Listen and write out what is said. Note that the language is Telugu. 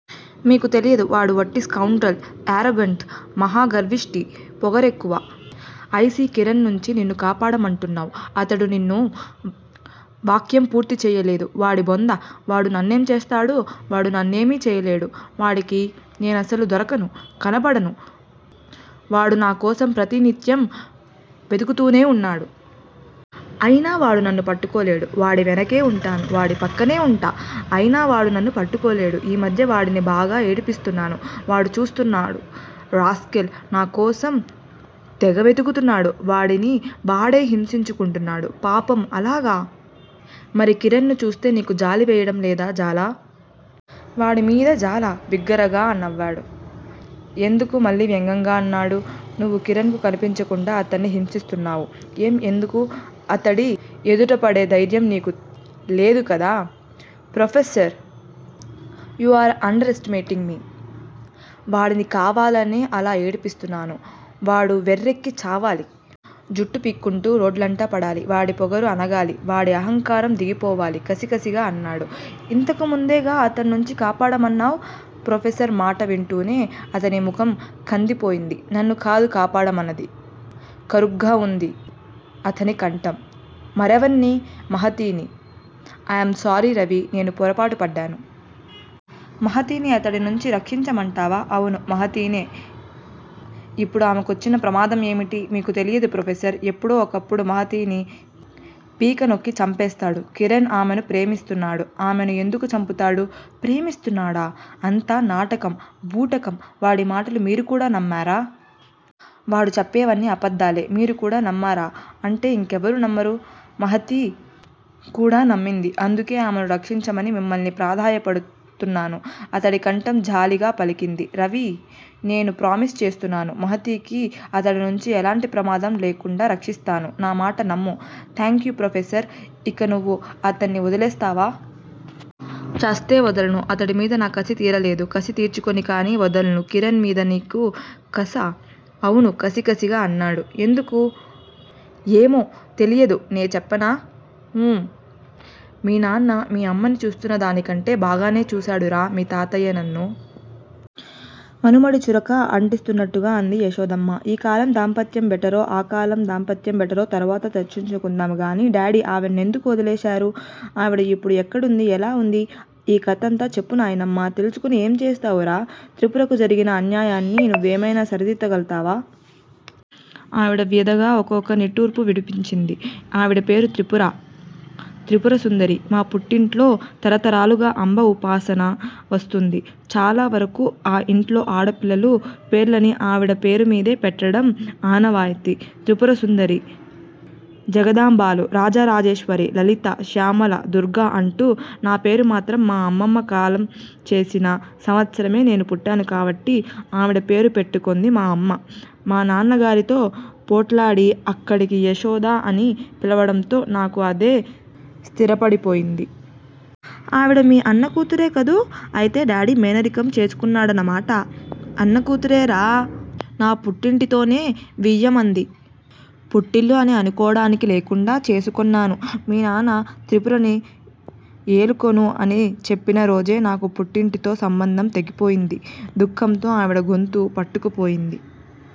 మీకు తెలియదు. వాడు వట్టి స్కౌండ్రల్, యారోగంట్. మహాగర్విష్టి. పొగరెక్కువ. ఐసీ కిరణ్ నుంచి నిన్నుకాపాడమంటున్నావ్. అతడు నిన్ను వాక్యం పూర్తి చెయ్యలేదు. వాడి బొంద. వాడు నన్నేం చేస్తాడు? వాడు నన్నేమీ చేయలేడు. వాడికి నేనసలు దొరకను, కనపడను. వాడునా కోసం ప్రతి నిత్యం వెదుకుతూనే వున్నాడు. అయినా వాడు నన్నుపట్టుకోలేడు. వాడి వెనకే ఉంటాను. వాడి పక్కనే ఉంటా. అయినావాడు నన్ను పట్టుకోలేడు. ఈ మధ్య వాడిని బాగా ఏడ్పిస్తున్నాను. వాడు చస్తున్నాడు రాస్కెల్. నాకోసం తెగవెతుకుతున్నాడు. వాడిని వాడే హింసించుకుంటున్నాడు. పాపం అలాగా? మరి కిరణ్ ను చూస్తే నీకు జాలి వెయ్యడం లేదా జాలా? వాడి మీద జాలా? బిగ్గరగా నవ్వాడు. ఎందుకూ మళ్ళీ వ్యంగ్యంగా అన్నాడు. నువు కిరణ్ కు కన్పించకుండా అతడ్ని హింసిస్తున్నావు. ఏం ఎందుకు? అతడి ఎదుటపడే ధైర్యం నీకు లేదుకదూ. Professor! You are underestimating me. వాడిని కావాలనే అలా ఏడ్పిస్తున్నాను. వాడు వెర్రెక్కి చావాలి. జుట్టు పీక్కుంటూ రోడ్లంట పడాలి. వాడిపొగరు అణగాలి. వాడి అహంకారందిగిపోవాలి కసికసిగా అన్నాడు. ఇంతకు ముందేగా అతడ్నుంచికాపాడమన్నావ్? ప్రొఫెసర్ మాట వింటూనే అతని ముఖం కందిపోయింది. నన్ను కాదు కాపాడమన్నది కరుగ్గా వుంది అతని కంఠం. మరెవర్ని? మహతిని ఐయామ్ సారీ రవి! నేను పొరపాటు పడ్డాను. మహతిని అతడి నుంచి రక్షించమంటావా? అవును. మహతినే ఇప్పుడామె కొచ్చిన ప్రమాదం ఏమిటి? మీకు తెలియదు ప్రొఫెసర్. ఎప్పుడో ఒకప్పుడు మహతిని పీక నొక్కి చంపేస్తాడు. కిరణ్ ఆమెను ప్రేమిస్తున్నాడు. ఆమెను ఎందుకు చంపుతాడు? ప్రేమిస్తున్నాడా? అంతా నాటకం. బూటకం. వాడి మాటలు మీరు కూడా నమ్మారా? వాడుచెప్పేవన్నీ అబద్దాలే మీరు కూడా నమ్మారా అంటే ఇంకెవరు నమ్మారు? మహతి కూడానమ్మింది. అందుకే ఆమెను రక్షించమని మిమ్మల్ని ప్రాధేయ పడుతున్నాను అతడి కంఠం జాలిగా పలికింది. రవి, నేను ప్రామిస్ చేస్తున్నాను. మహతికి అతడ్నుంచి ఎలాంటి ప్రమాదం లేకుండా రక్షిస్తాను. నా మాట నమ్ము థాంక్యూ, ప్రొఫెసర్ ఇక నువు అతడ్ని వొదిలేస్తావా? ఛస్తే వదల్ను. అతడి మీద నా కసి తీరలేదు. కసి తీర్చుకొని కాని వదల్ను కిరణ్ మీద నీకు కసా? అవును కసి కసిగా అన్నాడు. ఎందుకూ ఏమో తెలియదు నే చెప్పనా? ఊ। మీ నాన్న మీ అమ్మని చూస్తున్న దానికంటే బాగానే చూశాడురా మీ తాతయ్య నన్ను! మనుమడికి చురక అంటిస్తూన్నట్టుగా అంది యశోదమ్మ. ఈ కాలం దాంపత్యం బెటరో, ఆ కాలం దాంపత్యం బెటరో తరువాత చర్చించుకుందాంగాని డాడి ఆవణ్నేందుకు వదిలేశారు? ఆవిడ ఇప్పుడు ఎక్కడుంది? ఎలా ఎంది? ఆ కథంతా చెప్పు నాయనమ్మ! తెలుసుకొని ఏం చేస్తావురా? త్రిపురకి జరిగిన అన్యాయాన్ని నువ్వెమ్తెన సరిదిద్ధగాలవా? ఆవిడ వ్యదగా ఒక ఒక నిట్టూర్పు విడించిది. ఆవిడ పేరు త్రిపురా? త్రిపురసుందరి మా పుట్టింట్లో తరతరాలుగా అంబ ఉపాసన వస్తూంది చాలావరకు ఆ ఇంట్లో ఆడపిల్లలు పేర్లన్నీ ఆవిడ పేరుమీదే పెట్టడం ఆనవాయితి! త్రిపురసుందరి. జగదాంబాలు, రాజరాజేశ్వరి, లలిత, శ్యామల, దుర్గా అంటూ. నాపేరు మాత్రం మా అమ్మమ్మ కాలంచేసిన సంవత్సరమే నేను పుట్టాను కాబట్టి ఆవిడ పేరు పెట్టుకొంది మా అమ్మ, మానాన్న గారితో పోట్లాడి, అక్కడికి యశోద అని పిలువడంతో నాకు అదే స్ధిరపడి పోయింది! ఆవిడ మీ అన్నకూతురే కదూ? అయితే డాడి మేనరికం చేసుకొన్నాడన్న మాట! అన్నకుతురేరా! నా పుట్టింటితోనే వియ్యమంది పుట్టిల్లు అని అనుకోడానికి లేకుండా చేసుకొన్నాను! మీ నాన్న త్రిపురని ఎలుకోను అని చెప్పిన రోజే నాకు పుట్టింటితో సంబంధం తెగిపోయింది! దుఃఖం తో ఆవిడ గొంతు పట్టుకుపోయింది.